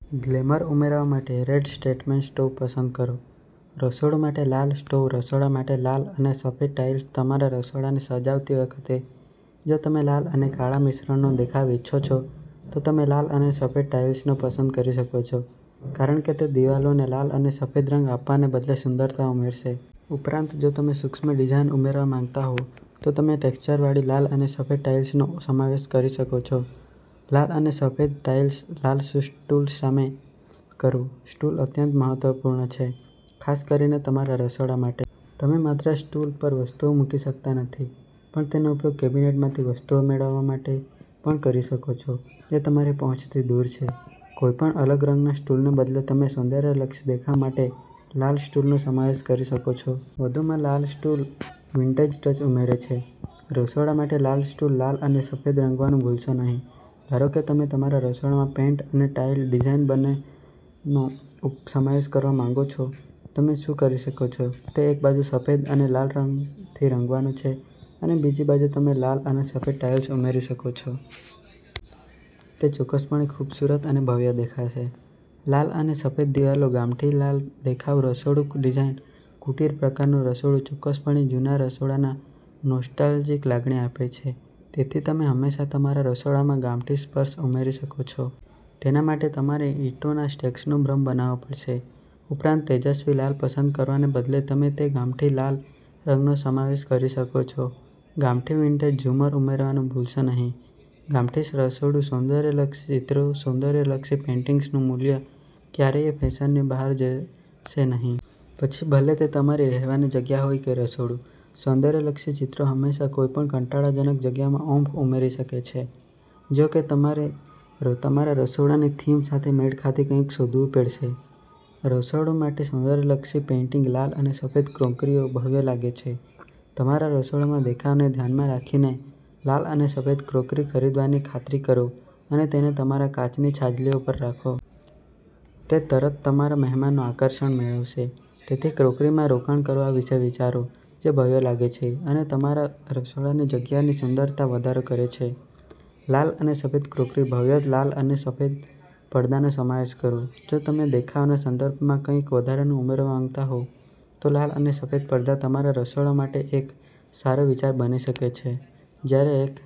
Glamour ઉમેરવા માટે red statement stove પસંદ કરો. રસોડું માટે લાલ સ્ટોવ રસોડા માટે લાલ અને સફેદ ટાઇલ્સ તમારા રસોડાને સજાવતી વખતે જો તમે લાલ અને કાળા મિશ્રણનો દેખાવ ઇચ્છો છો, તો તમે લાલ અને સફેદ ટાઇલ્સ પસંદ કરી શકો છો કારણ કે તે દિવાલોને લાલ અને સફેદ રંગ આપવાને બદલે સુંદરતા ઉમેરશે. ઉપરાંત, જો તમે સૂક્ષ્મ ડિઝાઇન ઉમેરવા માંગતા હો, તો તમે ટેક્ષ્ચરવાળી લાલ અને સફેદ ટાઇલ્સનો સમાવેશ કરી શકો છો. લાલ અને સફેદ ટાઇલ્સ લાલ સ્ટૂલ શામેલ કરો સ્ટૂલ અત્યંત મહત્વપૂર્ણ છે, ખાસ કરીને તમારા રસોડા માટે. તમે માત્ર સ્ટૂલ પરવસ્તુઓ મૂકી શકતા નથી પણ તેનો ઉપયોગ કેબિનેટમાંથી વસ્તુઓ મેળવવા માટે પણ કરી શકો છો જે તમારી પહોંચથી દૂર છે. કોઈપણ અલગ રંગના સ્ટૂલને બદલે, તમે સૌંદર્યલક્ષી દેખાવ માટે લાલ સ્ટૂલનો સમાવેશ કરી શકો છો. વધુમાં, લાલ સ્ટૂલ વિન્ટેજ ટચ ઉમેરે છે. રસોડા માટે લાલ સ્ટૂલ લાલ અને સફેદ રંગવાનું ભૂલશો નહીં ધારો કે તમે તમારા રસોડામાં પેઇન્ટ અને ટાઇલ ડિઝાઇન બંનેનો સમાવેશ કરવા માંગો છો. તમે શું કરી શકો છો તે એક બાજુ સફેદ અને લાલ રંગથી રંગવાનું છે અને બીજી બાજુ, તમે લાલ અને સફેદ ટાઇલ્સ ઉમેરી શકો છો. તે ચોક્કસપણે ખૂબસૂરત અને ભવ્ય દેખાશે. લાલ અને સફેદ દિવાલો ગામઠી લાલ દેખાવ રસોડું ડિઝાઇન કુટીર-પ્રકારનું રસોડું ચોક્કસપણે જૂના રસોડાની નોસ્ટાલ્જિક લાગણી આપે છે. તેથી, તમે હંમેશા તમારા રસોડામાં ગામઠી સ્પર્શ ઉમેરી શકો છો. તેના માટે, તમારે ઈંટોના સ્ટેક્સનો ભ્રમ બનાવવો પડશે. ઉપરાંત, તેજસ્વી લાલ પસંદ કરવાને બદલે, તમે તે ગામઠી લાલ રંગનો સમાવેશ કરી શકો છો. ગામઠી વિન્ટેજ ઝુમ્મર ઉમેરવાનું ભૂલશો નહીં. ગામઠી રસોડું સૌંદર્યલક્ષી ચિત્રો સૌંદર્યલક્ષી પેઇન્ટિંગ્સનું મૂલ્ય ક્યારેય ફેશનની બહાર જશે નહીં. પછી ભલે તે તમારી રહેવાની જગ્યા હોય કે રસોડું, સૌંદર્યલક્ષી ચિત્રો હંમેશા કોઈપણ કંટાળાજનક જગ્યામાં ઓમ્ફ ઉમેરી શકે છે. જો કે, તમારે તમારા રસોડાની થીમ સાથે મેળ ખાતી કંઈક શોધવી પડશે. રસોડું માટે સૌંદર્યલક્ષી પેઇન્ટિંગ લાલ અને સફેદ ક્રોકરીઓ ભવ્ય લાગે છે તમારા રસોડાના દેખાવને ધ્યાનમાં રાખીને, લાલ અને સફેદ ક્રોકરી ખરીદવાની ખાતરી કરો અને તેને તમારા કાચની છાજલીઓ પર રાખો. તે તરતતમારા મહેમાનનું આકર્ષણ મેળવશે. તેથી ક્રોકરીમાં રોકાણ કરવા વિશે વિચારો જે ભવ્ય લાગે અને તમારા રસોડાની જગ્યાની સુંદરતામાં વધારો કરે. લાલ અને સફેદ ક્રોકરી ભવ્ય લાલ અને સફેદ પડદાનો સમાવેશ કરો જો તમે દેખાવના સંદર્ભમાં કંઈક વધારાનું ઉમેરવા માંગતા હોવ તો લાલ અને સફેદ પડદા તમારા રસોડા માટે એક સારો વિચાર બની શકે છે. જ્યારેએક